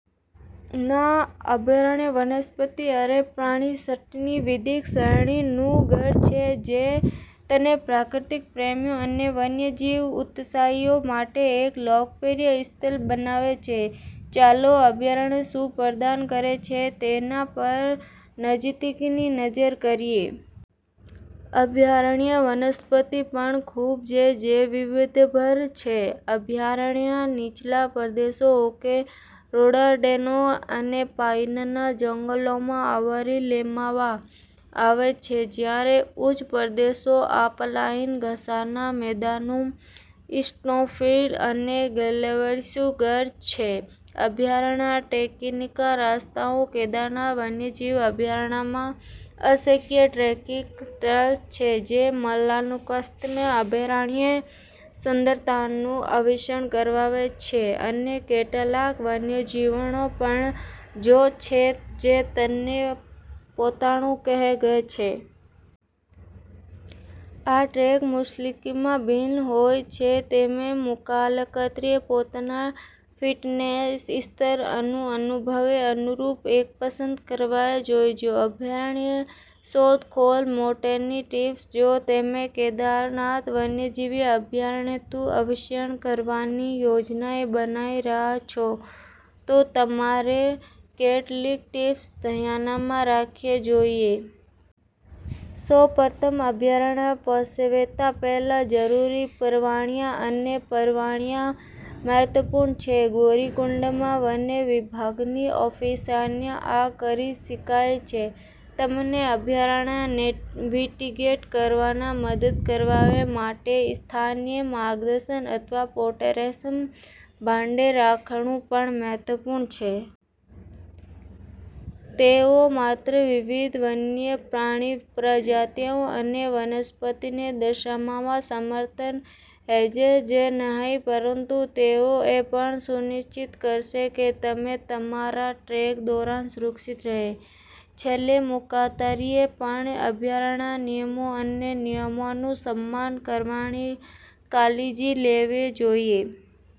આ અભયારણ્ય વનસ્પતિ અને પ્રાણીસૃષ્ટિની વિવિધ શ્રેણીનું ઘર છે જે તેને પ્રકૃતિ પ્રેમીઓ અને વન્યજીવન ઉત્સાહીઓ માટે એક લોકપ્રિય સ્થળ બનાવે છે. ચાલો અભયારણ્ય શું પ્રદાન કરે છે તેના પર નજીકથી નજર કરીએ. અભયારણ્યની વનસ્પતિ પણ ખૂબ જ વૈવિધ્યસભર છે. અભયારણ્યના નીચલા પ્રદેશો ઓક, રોડોડેન્ડ્રોન અને પાઈનના જંગલોમાં આવરી લેવામાં આવ્યા છે, જ્યારે ઉચ્ચ પ્રદેશો આલ્પાઈન ઘાસના મેદાનો, સ્નોફિલ્ડ્સ અને ગ્લેશિયર્સનું ઘર છે. અભયારણ્યમાં ટ્રેકિંગના રસ્તાઓ કેદારનાથ વન્યજીવ અભયારણ્યમાં અસંખ્ય ટ્રેકિંગ ટ્રેલ્સ છે જે મુલાકાતીઓને અભયારણ્યની સુંદરતાનું અન્વેષણ કરવા દે છે અને કેટલાક વન્યજીવોને પણ જોવા દે છે જે તેને ઘર કહે છે. આ ટ્રેક મુશ્કેલીમાં ભિન્ન હોય છે, તેથી મુલાકાતીઓએ તેમના ફિટનેસ સ્તર અને અનુભવને અનુરૂપ એક પસંદ કરવું જોઈએ. અભયારણ્યની શોધખોળ માટેની ટિપ્સ જો તમે કેદારનાથ વન્યજીવ અભયારણ્યનું અન્વેષણ કરવાની યોજના બનાવી રહ્યા છો, તો તમારે કેટલીક ટીપ્સ ધ્યાનમાં રાખવી જોઈએ. સૌપ્રથમ, અભયારણ્યમાં પ્રવેશતા પહેલા જરૂરી પરવાનગીઓ અને પરવાનગીઓ મેળવવી મહત્વપૂર્ણ છે. ગૌરીકુંડમાં વન વિભાગની ઓફિસમાં આ કરી શકાય છે. તમને અભયારણ્યમાં નેવિગેટ કરવામાં મદદ કરવા માટે સ્થાનિક માર્ગદર્શક અથવા પોર્ટરને ભાડે રાખવું પણ મહત્વપૂર્ણ છે. તેઓ માત્ર વિવિધ વન્યપ્રાણી પ્રજાતિઓ અને વનસ્પતિને દર્શાવવામાં સમર્થ હશે જ નહીં, પરંતુ તેઓ એ પણ સુનિશ્ચિત કરશે કે તમે તમારા ટ્રેક દરમિયાન સુરક્ષિત રહો. છેલ્લે, મુલાકાતીઓએ પણ અભયારણ્યના નિયમો અને નિયમોનું સન્માન કરવાની કાળજી લેવી જોઈએ.